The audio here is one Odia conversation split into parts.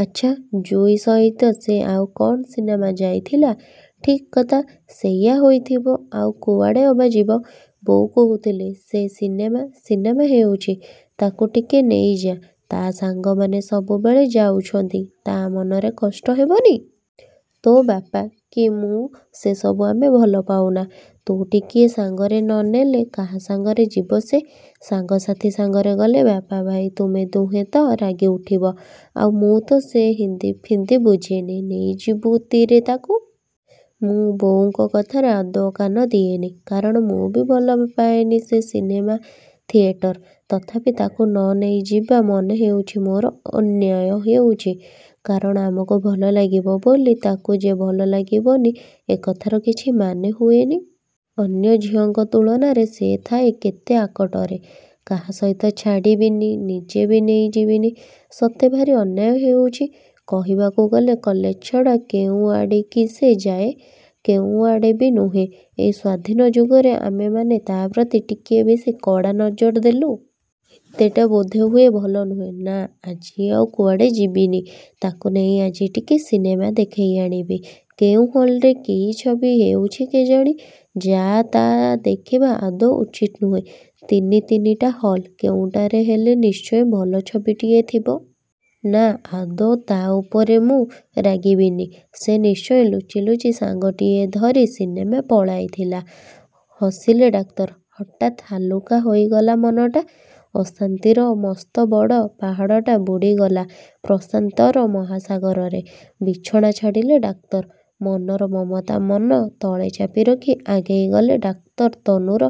ଆଚ୍ଛା, ଯୁଇ ସହିତ ସେ ଆଉ କ'ଣ ସିନେମା ଯାଇଥିଲା-? ଠିକ୍ କଥା, ସେଇଆ ହୋଇଥିବ। ଆଉ କୁଆଡ଼େ ଅବା ଯିବ। ବୋଉ କହୁଥିଲେ ସେ ସିନେମା ସିନେମା ହେଉଛି, ତାକୁ ଟିକେ ନେଇଯା। ତା' ସାଙ୍ଗମାନେ ସବୁବେଳେ ଯାଉଛନ୍ତି। ତା' ମନରେ କଷ୍ଟ ହେବନି? ତୋ ବାପା, କି ମୁଁ ସେସବୁ ଆମେ ଭଲପାଉନା। ତୁ ଟିକିଏ ସାଙ୍ଗରେ ନ ନେଲେ କାହା ସଙ୍ଗରେ ଯିବ ସେ। ସାଙ୍ଗସାଥି ସାଙ୍ଗରେ ଗଲେ ବାପ ଭାଇ ତୁମେ ଦିହେଁ ତ ରାଗିଉଠିବ-। ଆଉ ମୁଁ ତ ସେ ହିନ୍ଦି ଫିନ୍ଦି ବୁଝେନି। ନେଇଯିବୁ ତିରେ ତାକୁ। ମୁଁ ବୋଉଙ୍କ କଥାରେ ଆଦୌ କାନ ଦିଏନି। କାରଣ ମୁଁ ବି ଭଲପାଏନି ସେ ସିନେମା ଥିଏଟର। ତଥାପି ତାକୁ ନ ନେଇଯିବା ମନେହେଉଛି ମୋର ଅନ୍ୟାୟ ହୋଇଛି। କାରଣ ଆମକୁ ଭଲଲାଗିବ ବୋଲି ତାକୁ ଯେ ଭଲ ଲାଗିବନି ଏ କଥାର କିଛି ମାନେ ହୁଏନି। ଅନ୍ୟାନ୍ୟ ଝିଅଙ୍କ ତୁଳନାରେ ସେ ଥାଏ କେତେ ଆକଟରେ। କାହା ସହିତ ଛାଡ଼ିବିନି। ନିଜେ ବି ନେଇ ଯିବନି। ସତେ ଭାରି ଅନ୍ୟାୟ ହୋଇଛି। କହିବାକୁ ଗଲେ କଲେଜ ଛଡ଼ା କେଉଁ ଆଡ଼ିକି ସେ ଯାଏ? କେଉଁଆଡ଼େ ବି ନୁହେଁ। ଏଇ ସ୍ୱାଧୀନ ଯୁଗରେ ଆମେମାନେ ତା' ପ୍ରତି ଟିକିଏ ବେଶି କଡ଼ା ନଜର ଦେଲୁ। ଏତେଟା ବୋଧହୁଏ ଭଲ ନୁହେଁ। ନାଃ, ଆଜି ଆଉ କୁଆଡ଼େ ଯିବନି। ତାକୁ ନେଇ ଆଜି ଟିକିଏ ସିନେମା ଦେଖାଇ ଆଣିବି। କେଉଁ ହଲରେ କି ଛବି ହେଉଛି କେଜାଣି? ଯାହା ତାହା ଦେଖିବା ଆଦୌ ଉଚିତ୍ ନୁହେଁ। ତିନି ତିନିଟା ହଲ୍। କେଉଁଟାରେ ହେଲେ ନିଶ୍ଚୟ ଭଲ ଛବିଟିଏ ଥିବ। ନା, ଆଦୌ ତା' ଉପରେ ମୁଁ। ରାଗିବିନି। ସେ ନିଶ୍ଚୟ ଲୁଚି ଲୁଚି ସାଙ୍ଗଟିଏ ଧରି ସିନେମା ପଳାଇଥିଲା। ହସିଲେ ଡାକ୍ତର। ହଠାତ୍ ହାଲୁକା ହୋଇଗଲା ମନଟା। ଅଶାନ୍ତିର ମସ୍ତବଡ଼ ପାହାଡ଼ଟା ବୁଡ଼ିଗଲା ପ୍ରଶାନ୍ତିର ମହାସାଗରରେ। ବିଛଣା ଛାଡ଼ିଲେ ଡାକ୍ତର। ମନର ମମତା ମନ ତଳେ ଚାପି ରଖି ଆଗେଇଗଲେ ଡାକ୍ତର ତନୁର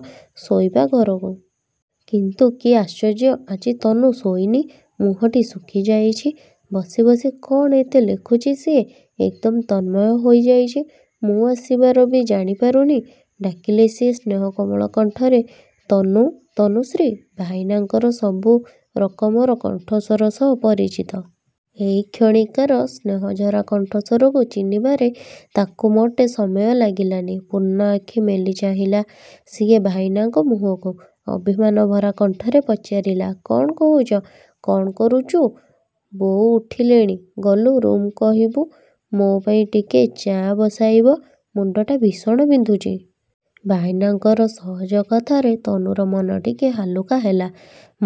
ଶୋଇବା ଘରକୁ-। କିନ୍ତୁ କି ଆଶ୍ଚର୍ଯ୍ୟ, ଆଜି ତନୁ ଶୋଇନି। ମୁହଁଟି ଶୁଖିଯାଇଛି। ବସି ବସି କ'ଣ ଏତେ ଲେଖୁଛି ସିଏ? ଏକଦମ୍ ତନ୍ମୟ ହୋଇଯାଇଛି। ମୁଁ ଆସିବାର ବି ଜାଣିପାରୁନି। ଡାକିଲେ ସିଏ ସ୍ନେହକୋମଳ କଣ୍ଠରେ, ତନୁ ତନୁଶ୍ରୀ ଭାଇନାଙ୍କର ସବୁ ରକମର କଣ୍ଠସ୍ୱର ସହ ପରିଚିତ। ଏଇକ୍ଷଣିକାର ସ୍ନେହଝରା କଣ୍ଠସ୍ୱରକୁ ଚିହ୍ନିବାରେ ତାକୁ ମୋଟେ ସମୟ ଲାଗିଲାନି। ପୂର୍ଣ୍ଣ ଆଖି ମେଲି ଚାହିଁଲା ସିଏ ଭାଇନାଙ୍କ ମୁହଁକୁ। ଅଭିମାନ ଭରା କଣ୍ଠରେ ପଚାରିଲା–କ'ଣ କହୁଛ? –କ'ଣ କରୁଛୁ? ବୋଉ ଉଠିଲେଣି? ଗଲୁ ରୁମ୍କୁ କହିବୁ ମୋ ପାଇଁ ଟିକିଏ ଚା ବସାଇବ। ମୁଣ୍ଡଟା ଭୀଷଣ ବିନ୍ଧୁଛି। ଭାଇନାଙ୍କର ସହଜ କଥାରେ ତନୁର ମନ ଟିକେ ହାଲୁକା ହେଲା।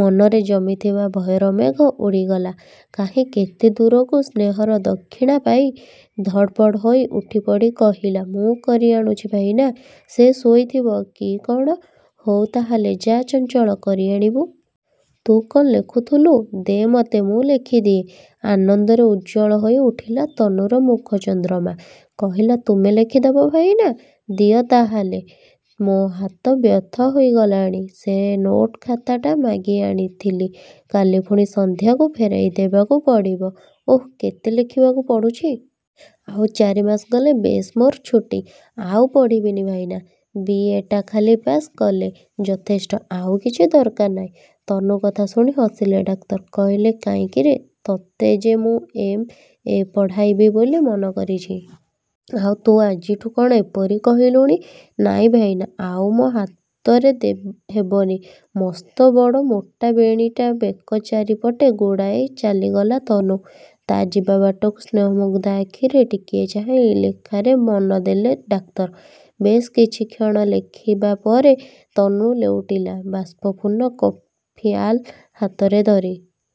ମନରେ ଜମିଥିବା ଭୟର ମେଘ ଉଡ଼ିଗଲା କାହିଁ କେତେ ଦୂରକୁ ସ୍ନେହର ଦକ୍ଷିଣା ପାଇ। ଧଡ଼ପଡ଼ ହୋଇ ଉଠିପଡ଼ି କହିଲା–ମୁଁ କରି ଆଣୁଛି ଭାଇନା, ସେ ଶୋଇଥିବ କି କ'ଣ। ହଉ, ତାହେଲେ ଯା ଚଞ୍ଚଳ କରି ଆଣିବୁ। ତୁ କ'ଣ ଲେଖୁଥିଲୁ? ଦେ ମୋତେ ମୁଁ ଲେଖିଦିଏ। ଆନନ୍ଦରେ ଉଜ୍ଜ୍ୱଳ ହୋଇଉଠିଲା ତନୁର ମୁଖ ଚନ୍ଦ୍ରମା। କହିଲା–ତୁମେ ଲେଖିଦେବ ଭାଇନା? ଦିଅ ତାହାହେଲେ। ମୋ ହାତ ବ୍ୟଥା ହୋଇଗଲାଣି। ସେ ନୋଟ ଖାତାଟା ମାଗି ଆଣିଥିଲି। କାଲି ପୁଣି ସନ୍ଧ୍ୟାକୁ ଫେରାଇଦେବାକୁ ପଡ଼ିବ। ଓଃ, କେତେ ଲେଖିବାକୁ ପଡ଼ୁଛି! ଆଉ ଚାରିମାସ ଗଲେ ବେଶ୍ ମୋର ଛୁଟି। ଆଉ ପଢ଼ିବିନି ଭାଇନା। ବି. ଏଟା ଖାଲି ପାଶ୍ କଲେ ଯଥେଷ୍ଟ। ଆଉ କିଛି ଦରକାର ନାହିଁ। ତନୁ କଥା ଶୁଣି ହସିଲେ ଡାକ୍ତର। କହିଲେ କାଇଁକିରେ। ତୋତେ ଯେ ମୁଁ ଏମ୍. ଏ ପଢ଼ାଇବି ବୋଲି ମନ କରିଛି। ଆଉ ତୁ ଆଜିଠୁ କ'ଣ ଏପରି କହିଲୁଣି? ନାଇଁ ଭାଇନା, ଆଉ ମୋ ହାତରେ ହେବନି। ମସ୍ତବଡ଼ ମୋଟା ବେଣୀଟା ବେକ ଚାରିପଟେ ଗୁଡ଼ାଇ ଚାଲିଗଲା ତନୁ। ତା' ଯିବା ବାଟକୁ ସ୍ନେହମୁଗ୍ଧ ଆଖିରେ ଟିକିଏ ଚାହିଁ ଲେଖାରେ ମନଦେଲେ ଡାକ୍ତର। ବେଶ୍ କିଛିକ୍ଷଣ ଲେଖିବାପରେ ତନୁ ଲେଉଟିଲା ବାଷ୍ପପୂର୍ଣ୍ଣ କପ୍ପିଆଲା ହାତରେ ଧରି।